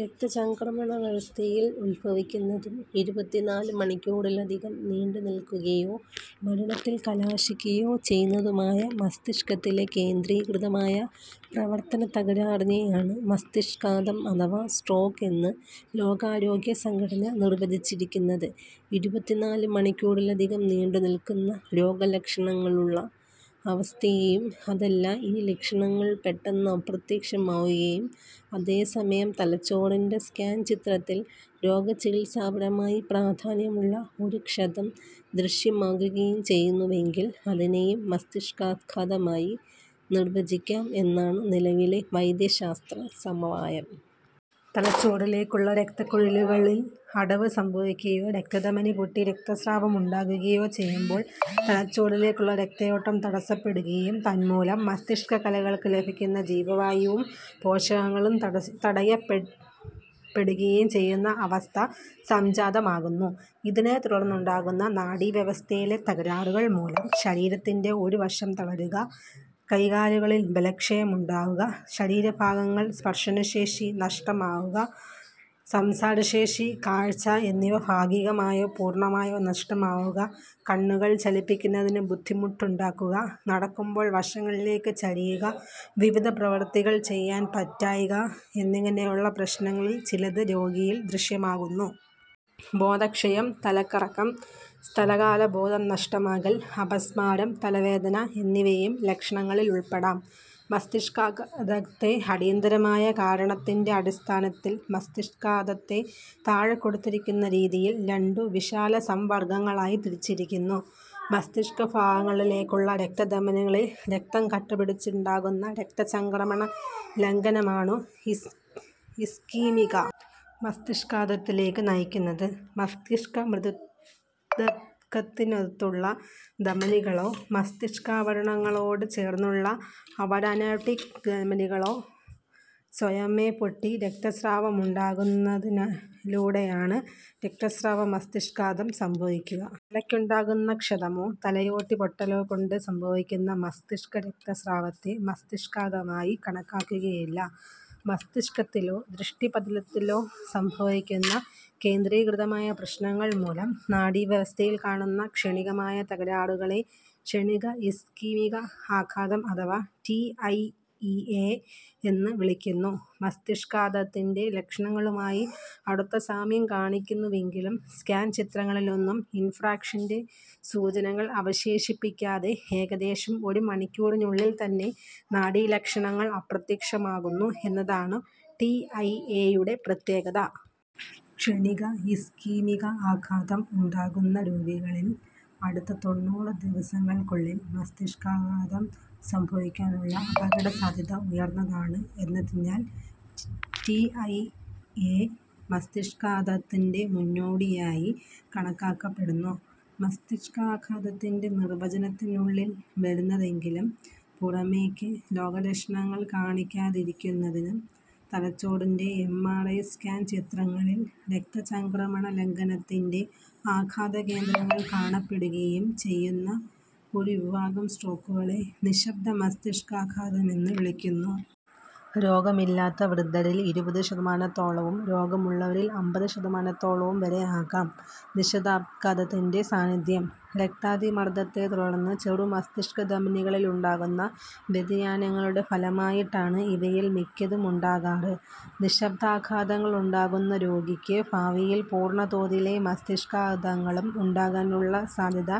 രക്തചംക്രമണവ്യവസ്ഥയിൽ ഉത്ഭവിക്കുന്നതും, ഇരുപത്തിനാല് മണിക്കൂറിലധികം നീണ്ടുനിൽക്കുകയോ മരണത്തിൽ കലാശിക്കുകയോ ചെയ്യുന്നതുമായ മസ്തിഷ്കത്തിലെ കേന്ദ്രീകൃതമായ പ്രവർത്തനത്തകരാറിനെയാണു മസ്തിഷ്കാഘാതം അഥവാ സ്ട്രോക്ക് എന്ന് ലോകാരോഗ്യ സംഘടന നിർവചിച്ചിരിക്കുന്നത്. ഇരുപത്തിനാല് മണിക്കൂറിലധികം നീണ്ടുനിൽക്കുന്ന രോഗലക്ഷണങ്ങളുള്ള അവസ്ഥയേയും, അതല്ല ഇനി ലക്ഷണങ്ങൾ പെട്ടെന്ന് അപ്രത്യക്ഷമാകുകയും അതേസമയം തലച്ചോറിന്റെ സ്കാൻ ചിത്രത്തിൽ രോഗചികിത്സാപരമായി പ്രാധാന്യമുള്ള ഒരു ക്ഷതം ദൃശ്യമാകുകയും ചെയ്യുന്നുവെങ്കിൽ അതിനെയും മസ്തിക്ഷാകാഘാതമായി നിർവചിക്കാം എന്നാണു നിലവിലെ വൈദ്യശാസ്ത്ര സമവായം. തലച്ചോറിലേക്കുള്ള രക്തക്കുഴലുകളിൽ അടവ് സംഭവിക്കുകയോ രക്തധമനി പൊട്ടി രക്തസ്രാവമുണ്ടാകുകയോ ചെയ്യുമ്പോൾ തലച്ചോറിലേക്കുള്ള രക്തയോട്ടം തടസ്സപ്പെടുകയും തന്മൂലം മസ്തിഷ്കകലകൾക്ക് ലഭിക്കുന്ന ജീവവായുവും പോഷകങ്ങളും തടയപ്പെടുകയും ചെയ്യുന്ന അവസ്ഥ സംജാതമാകുന്നു. ഇതിനെത്തുടർന്നുണ്ടാകുന്ന നാഡീവ്യവസ്ഥയിലെ തകരാറുകൾമൂലം ശരീരത്തിന്റെ ഒരു വശം തളരുക, കൈകാലുകളിൽ ബലക്ഷയമുണ്ടാകുക, ശരീരഭാഗങ്ങളിൽ സ്പർശനശേഷി നഷ്ടമാകുക, സംസാരശേഷി, കാഴ്ച എന്നിവ ഭാഗികമായോ പൂർണമായോ നഷ്ടമാകുക, കണ്ണുകൾ ചലിപ്പിക്കുന്നതിനു ബുദ്ധിമുട്ടുണ്ടാകുക, നടക്കുമ്പോൾ വശങ്ങളിലേക്ക് ചരിയുക, വിവിധപ്രവർത്തികൾ ചെയ്യാൻ പറ്റായ്ക, എന്നിങ്ങനെയുള്ള പ്രശ്നങ്ങളിൽ ചിലത് രോഗിയിൽ ദൃശ്യമാകുന്നു. ബോധക്ഷയം, തലകറക്കം, സ്ഥലകാലബോധം നഷ്ടമാകൽ, അപസ്മാരം, തലവേദന എന്നിവയും ലക്ഷണങ്ങളിലുൾപ്പെടാം. മസ്തിഷ്കാഘാതത്തെ അടിയന്തരമായ കാരണത്തിന്റെ അടിസ്ഥാനത്തിൽ മസ്തിഷ്കാഘാതത്തെ താഴെക്കൊടുത്തിരിക്കുന്ന രീതിയിൽ രണ്ടു വിശാല സംവർഗങ്ങളാക്കി തിരിച്ചിരിക്കുന്നു: മസ്തിഷ്കഭാഗങ്ങളിലേക്കുള്ള രക്തധമനികളിൽ രക്തം കട്ടപിടിച്ചുണ്ടാകുന്ന രക്തചംക്രമണലംഘനമാണു ഇസ്കീമിക മസ്തിഷ്കാഘാതത്തിലേക്ക് നയിക്കുന്നത്. മസ്തിഷ്ക മൃദൂതകത്തിനുള്ളിലെ ധമനികളോ മസ്തിഷ്കാവരണങ്ങളോട് ചേർന്നുള്ള അവാരാക്നോയിഡ് ധമനികളോ സ്വയമേവ പൊട്ടി രക്തസ്രാവമുണ്ടാകുന്നാതിലൂടെയാണു രക്തസ്രാവ മസ്തിഷ്കാഘാതം സംഭവിക്കുക. തലയ്ക്കുണ്ടാകുന്ന ക്ഷതമോ തലയോട്ടി പൊട്ടലോ കൊണ്ട് സംഭവിക്കുന്ന മസ്തിഷ്കരക്തസ്രാവത്തെ മസ്തിഷ്കാഘാതമായി കണക്കാക്കുകയില്ല. മസ്തിഷ്കത്തിലോ ദൃഷ്ടിപടലത്തിലോ സംഭവിക്കുന്ന കേന്ദ്രീകൃതമായ പ്രശ്നങ്ങൾ മൂലം നാഡീവ്യവസ്ഥയിൽ കാണുന്ന ക്ഷണികമായ തകരാറുകളെ ക്ഷണിക ഇസ്കീമിക ആഘാതം അഥവാ "ടിഐഏ" എന്ന് വിളിക്കുന്നു. മസ്തിഷ്കാഘാതത്തിന്റെ ലക്ഷണങ്ങളുമായി അടുത്ത സാമ്യം കാണിക്കുന്നുവെങ്കിലും സ്കാൻ ചിത്രങ്ങളിലൊന്നും ഇൻഫ്രാക്ഷന്റെ സൂചനകൾ അവശേഷിപ്പിക്കാതെ ഏകദേശം ഒരു മണിക്കൂറിനുള്ളിൽ തന്നെ നാഡീലക്ഷണങ്ങൾ അപ്രത്യക്ഷമാകുന്നു എന്നതാണു ടിഐഏയുടെ പ്രത്യേകത. ക്ഷണിക ഇസ്കീമിക ആഘാതം ഉണ്ടാകുന്ന രോഗികളിൽ അടുത്ത തൊണ്ണൂറ് ദിവസങ്ങൾക്കുള്ളിൽ മസ്തിഷ്കാഘാതം സംഭവിക്കാനുള്ള അപകടസാധ്യത ഉയർന്നതാണു എന്നതിനാൽ ടിഐഏ മസ്തിഷ്കാഘാതത്തിന്റെ മുന്നോടിയായി കണക്കാക്കപ്പെടുന്നു. മസ്തിഷ്കാഘാതത്തിന്റെ നിർവചനത്തിനുള്ളിൽ വരുന്നതെങ്കിലും പുറമേയ്ക്ക് രോഗലക്ഷണങ്ങൾ കാണിക്കാതിരിക്കുന്നതും തലച്ചോറിന്റെ എംആർഐ സ്കാൻ ചിത്രങ്ങളിൽ രക്തചംക്രമണലംഘനത്തിന്റെ ആഘാതകേന്ദ്രങ്ങൾ കാണപ്പെടുകയും ചെയ്യുന്ന ഒരു വിഭാഗം സ്ട്രോക്കുകളെ "നിശ്ശബ്ദ മസ്തിഷ്കാഘാത"മെന്ന് വിളിക്കുന്നു. രോഗമില്ലാത്ത വൃദ്ധരിൽ ഇരുപതുശതമാനത്തോളവും രോഗമുള്ളവരിൽ അമ്പത്ശതമാനത്തോളവും വരെ ആകാം നിശ്ശബ്ദാഘാതത്തിന്റെ സാന്നിധ്യം. രക്താതിമർദ്ദത്തെത്തുടർന്ന് ചെറു മസ്തിഷ്കധമനികളിലുണ്ടാകുന്ന വ്യതിയാനങ്ങളുടെ ഫലമായിട്ടാണു ഇവയിൽ മിക്കതുമുണ്ടാകാറ്. നിശ്ശബ്ദാഘാതങ്ങളുണ്ടാകുന്ന രോഗിയ്ക്ക് ഭാവിയിൽ പൂർണതോതിലെ മസ്തിഷ്കാഘാതങ്ങളും ഉണ്ടാകാനുള്ള സാധ്യത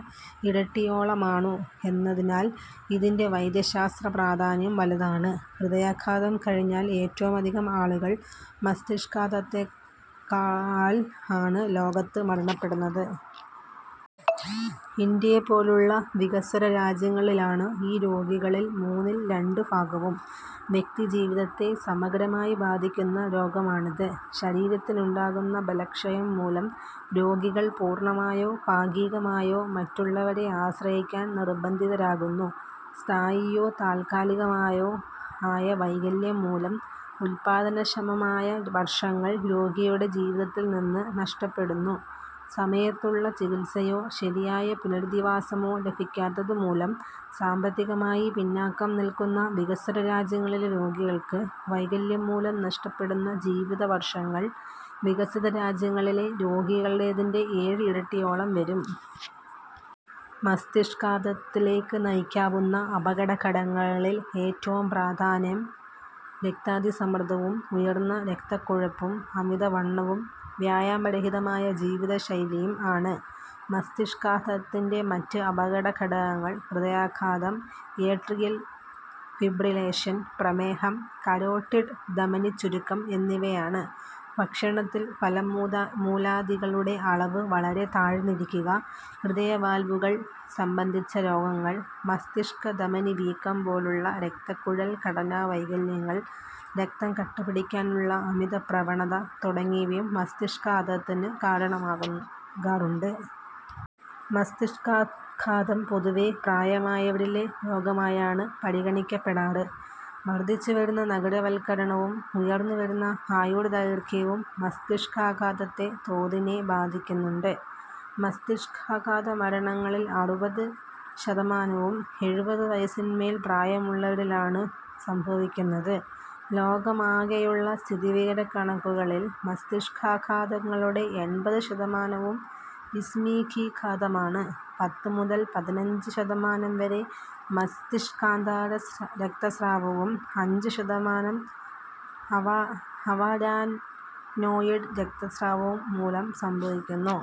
ഇരട്ടിയോളമാണു എന്നതിനാൽ ഇതിന്റെ വൈദ്യശാസ്ത്രപ്രാധാന്യം വലുതാണ്. ഹൃദയാഘാതം കഴിഞ്ഞാൽ ഏറ്റവുമധികം ആളുകൾ മസ്തിഷ്കാഘാത താൽ ആണ് ലോകത്ത് മരണപ്പെടുന്നത്. ഇന്ത്യയെപ്പോലുള്ള വികസ്വര രാജ്യങ്ങളിലാണു ഈ രോഗികളിൽ മൂന്നിൽ രണ്ട് ഭാഗവും. വ്യക്തിജീവിതത്തെ സമഗ്രമായി ബാധിക്കുന്ന രോഗമാണിത്. ശരീരത്തിനുണ്ടാകുന്ന ബലക്ഷയം മൂലം രോഗികൾ പൂർണമായോ ഭാഗികമായോ മറ്റുള്ളവരെ ആശ്രയിക്കാൻ നിർബന്ധിതരാകുന്നു. സ്ഥായിയോ താൽക്കാലികമോ ആയ വൈകല്യം മൂലം ഉല്പാദനക്ഷമമായ വർഷങ്ങൾ രോഗിയുടെ ജീവിതത്തിൽ നിന്ന് നഷ്ടപ്പെടുന്നു. സമയത്തുള്ള ചികിത്സയോ ശരിയായ പുനരധിവാസമോ ലഭിക്കാത്തതുമൂലം സാമ്പത്തികമായി പിന്നാക്കം നിൽക്കുന്ന വികസ്വരരാജ്യങ്ങളിലെ രോഗികൾക്ക് വൈകല്യംമൂലം നഷ്ടപ്പെടുന്ന ജീവിതവർഷങ്ങൾ വികസിതരാജ്യങ്ങളിലെ രോഗികളുടേതിന്റെ ഏഴ് ഇരട്ടിയോളം വരും. മസ്തിഷ്കാഘാതത്തിലേക്ക് നയിക്കാവുന്ന അപകടഘടകങ്ങളിൽ ഏറ്റവും പ്രധാനം രക്താതിസമ്മർദ്ദവും ഉയർന്ന രക്തക്കൊഴുപ്പും അമിതവണ്ണവും വ്യായാമരഹിതമായ ജീവിതശൈലിയും ആണ്. മസ്തിഷ്കാഘാതത്തിന്റെ മറ്റ് അപകടഘടകങ്ങൾ ഹൃദയാഘാതം, ഏട്രിയൽ ഫിബ്രിലേഷൻ, പ്രമേഹം, കരോട്ടിഡ് ധമനിച്ചുരുക്കം എന്നിവയാണ്. ഭക്ഷണത്തിൽ ഫലമൂലാദികളുടെ അളവ് വളരെ താഴ്ന്നിരിക്കുക, ഹൃദയവാൽവുകൾ സംബന്ധിച്ച രോഗങ്ങൾ, മസ്തിഷ്കധമനിവീക്കം പോലുള്ള രക്തക്കുഴൽ ഘടനാവൈകല്യങ്ങൾ, രക്തം കട്ടപിടിക്കാനുള്ള അമിതപ്രവണത തുടങ്ങിയവയും മസ്തിഷ്കാഘാതത്തിനു കാരണമാകുന്നു കാരണമാകാറുണ്ട്. മസ്തിഷ്കാഘാതം പൊതുവേ പ്രായമായവരിലെ രോഗമായാണു പരിഗണിക്കപ്പെടാറ്. വർദ്ധിച്ചുവരുന്ന നഗരവത്കരണവും ഉയരുന്ന ആയുർദൈർഘ്യവും മസ്തിഷ്കാഘാത തോതിനെ ബാധിക്കുന്നുണ്ട്. മസ്തിഷ്കാഘാതമരണങ്ങളിൽ അറുപത് ശതമാനവും എഴുപത് വയസിനുമേൽ പ്രായമുള്ളവരിലാണു സംഭവിക്കുന്നത്. ലോകമാകെയുള്ള സ്ഥിതിവിവരക്കണക്കുകളിൽ മസ്തിഷ്കാഘാതങ്ങളുടെ എൺപത് ശതമാനവും ഇസ്കീമികാഘാതമാണ്. പത്ത് മുതൽ പതിനഞ്ച് ശതമാനം വരെ മസ്തിഷ്കാന്തര രക്തസ്രാവവും അഞ്ച് ശതമാനം അവാരാക്നോയിഡ് രക്തസ്രാവവും മൂലം സംഭവിക്കുന്നു